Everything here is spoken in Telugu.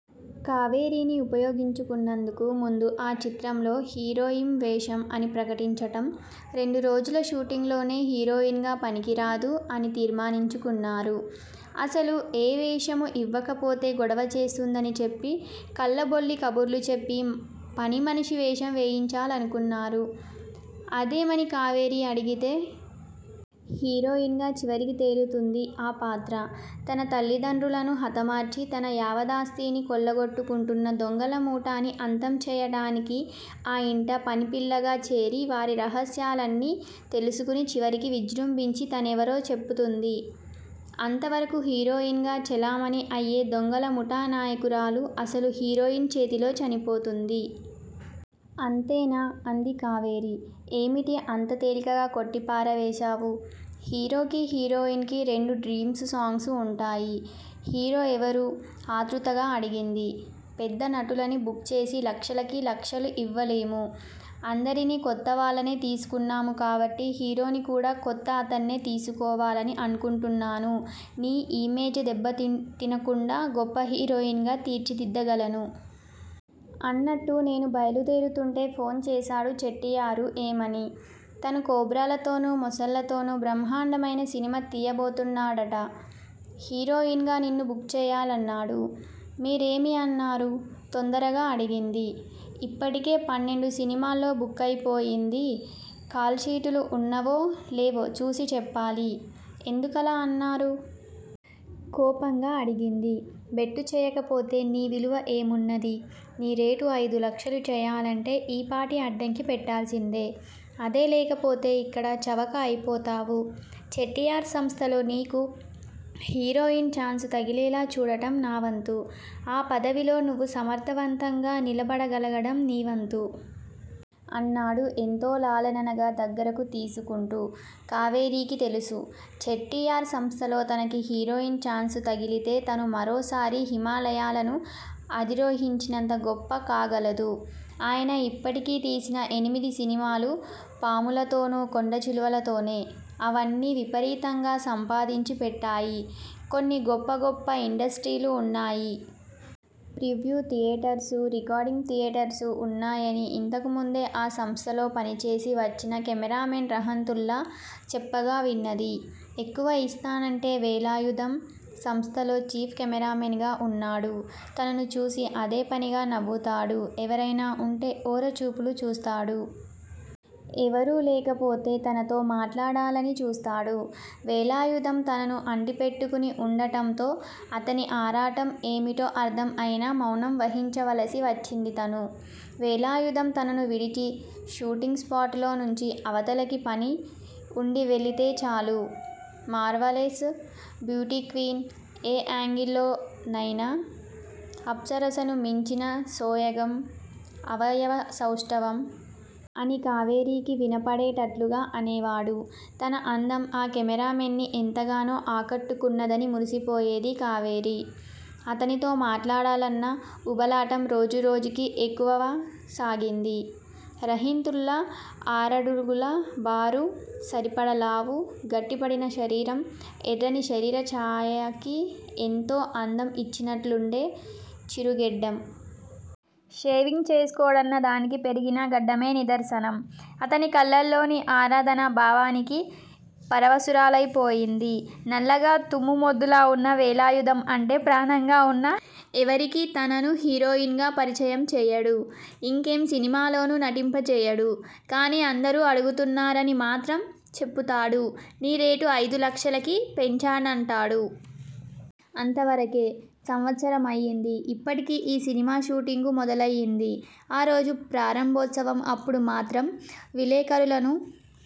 కావేరీని ఉపయోగించుకున్నందుకు ముందు ఆ చిత్రంలో హీరోయిం వేషం అని ప్రకటించటం, రెండు రోజుల షూటింగ్ లోనే హీరోయిన్ గా పనికిరాదు, అని తీర్మానించుకున్నారు. అసలు ఏ వేషమూ యివ్వకపోతే గొడవ చేస్తుందని చెప్పి కల్లబొల్లి కబుర్లు చెప్పి పనిమనిషి వేషం వేయించాలనుకున్నారు. అదేమని కావేరీ అడిగితే? హీరోయిన్ గా చివరికి తేలుతుంది ఆ పాత్ర! తనతల్లి తండ్రులను హతమార్చి తన యావదాస్తినీ కొల్లగొట్టుకుంటున్న దొంగల ముఠాని అంతం చేయటానికి ఆ ఇంట పనిపిల్లగా చేరి వారి రహస్యాలన్నీ తెలుసుకుని చివరికి విజ్రుంభించి తనెవరో చెప్పుతుంది! అంతవరకూ హీరోయిన్ గా చెలామణి అయ్యే దొంగలముఠా నాయకురాలు అసలు హీరోయిన్ చేతిలో చనిపోతుంది! అంతేనా? అంది కావేరి! ఏమిటి అంత తేలికగా కొట్టి పారవేశావు? హీరోకి హీరోయిన్ కి రెండు డ్రీమ్సు సాంగ్సు వుంటాయి. హీరో ఎవరూ? ఆత్రుతగా అడిగింది. పెద్ద నటులని బుక్ చేసి లక్షలకి లక్షలు యివ్వలేము! అందరినీ కొత్తవాళ్ళనే తీసుకున్నాం కాబట్టి హీరోని కూడా కొత్త అతన్నే తీసుకోవాలని అనుకుంటున్నాను నీ ఇమేజ్ దెబ్బతినకుండా గొప్ప హీరోయిన్ గా తీర్చిదిద్దగలను. అన్నట్టు నేను బయలుదేరుతుంటే ఫోన్ చేశాడు చెట్టియారు ఏమని? తను కోబ్రాలతోను మొసళ్ళతోనూ బ్రహ్మాండమయిన సినిమా తీయబోతున్నాడట! హీరోయిన్ గా నిన్ను బుక్ చేయాలన్నాడు? మీరేమి అన్నారు? తొందరగా అడిగింది. ఇప్పటికే పన్నెండు సినిమాల్లో బుక్ అయిపోయింది. కాల్షీటులు వున్నవో? లేవో చూసి చెప్పాలి! ఎందుకలా అన్నారు? కోపంగా అడిగింది. బెట్టుచేయకపోతే నీవిలువ ఏమున్నది? నీరేటు అయిదు లక్షలు చేయాలంటే ఈపాటి అడ్డంకి పెట్టాల్సిందే? అదే లేకపోతే ఇక్కడ చవక అయిపోతావు! చెట్టియార్ సంస్థలో నీకు హీరోయిన్ ఛాన్సుతగిలేలా చూడటం నా వంతు! ఆ పదవిలో నువ్వు సమర్ధవంతంగా నిలబడ గలగటం నీ వంతు! అన్నాడు ఎంతో లాలనగా దగ్గిరకు తీసుకుంటూ! కావేరీకి తెలుసు! చెట్టియార్ సంస్థలో తనకి హీరోయిన్ ఛాన్సు తగిలితే తను మరోసారి హిమాలయాలను అధిరోహించినంత గొప్ప కాగలదు! ఆయన ఇప్పటికి తీసిన ఎనిమిది సినిమాలూ పాములతోనూ కొండ చిలువలతోనే! అవన్నీ విపరీతంగా సంపాదించి పెట్టాయి. కొన్ని గొప్ప గొప్ప ఇండస్ట్రీస్ లు వున్నాయి. ప్రివ్యు థియేటర్సు, రికార్డింగ్ థియేటర్సు వున్నాయని యింతకుముందే ఆ సంస్థలో పనిచేసి వచ్చిన కెమెరా మెన్ రహంతుళ్ళా చెప్పగా విన్నది. ఎక్కువ ఇస్తానంటే వేలాయుధం సంస్థలో చీఫ్ కెమెరామెన్ గా వున్నాడు. తనను చూసి అదే పనిగా నవ్వుతాడు. ఎవరయినా వుంటే ఓర చూపులు చూస్తాడు. ఎవరూ లేకపోతే తనతో మాట్లాడాలని చూస్తాడు. వేలాయుధం తనను అంటిపెట్టుకుని వుండటంతో అతని ఆరాటం ఏమిటో అర్ధం అయినా మౌనం వహించవలసి వచ్చింది తను! వేలాయుధం తనను విడిచి షూటింగ్ స్పాట్ లో నుంచి అవతలికి పని వుండి వెళ్ళితే చాలు! మార్వలెస్! బ్యూటీక్వీన్? ఏ యాంగిల్ లోనయినా అప్సరసను మించిన సోయగం, అవయవ సౌష్టవం! అని కావేరీకి వినపడేటట్లుగా అనేవాడు. తన అందం ఆ కెమెరామెన్ ని ఎంతగానో ఆ కట్టుకున్నదని మురిసిపోయేది కావేరి! అతనితో మాట్లాడాలన్న ఉబలాటం రోజురోజుకీ ఎక్కువవసాగింది. రహింతుల్లా ఆరడుగుల బారు, సరిపడ లావు, గట్టిపడిన శరీరం, ఎర్రని శరీర చాయకి ఎంతో అందం యిచ్చినట్లుండే చిరుగెడ్డం. షేవింగ్ చేసుకోడన్న దానికి పెరిగిన గెడ్డమే నిదర్సనం! అతని కళ్ళల్లోని ఆరాధనా భావానికి పరవశురాలయి పోయింది. నల్లగా తుమ్మ మొద్దులా వున్న వేలాయుధం అంటే ప్రాణంగావున్నా ఎవరికీ తనను హీరోయిన్ గా పరిచయం చేయడు. యింకే సినిమాలోనూ నటింపచేయడు. కాని అందరూ అడుగుతున్నారని మాత్రం చెప్పుతాడు-నీ రేటు అయిదు లక్షలకి పెంచానంటాడు. అంతవరకే! సంవత్సరం అయింది. యిప్పటికి ఈ సినిమా షూటింగు మొదలయింది. ఆరోజు ప్రారంభోత్సవం అప్పుడు మాత్రం విలేఖరులను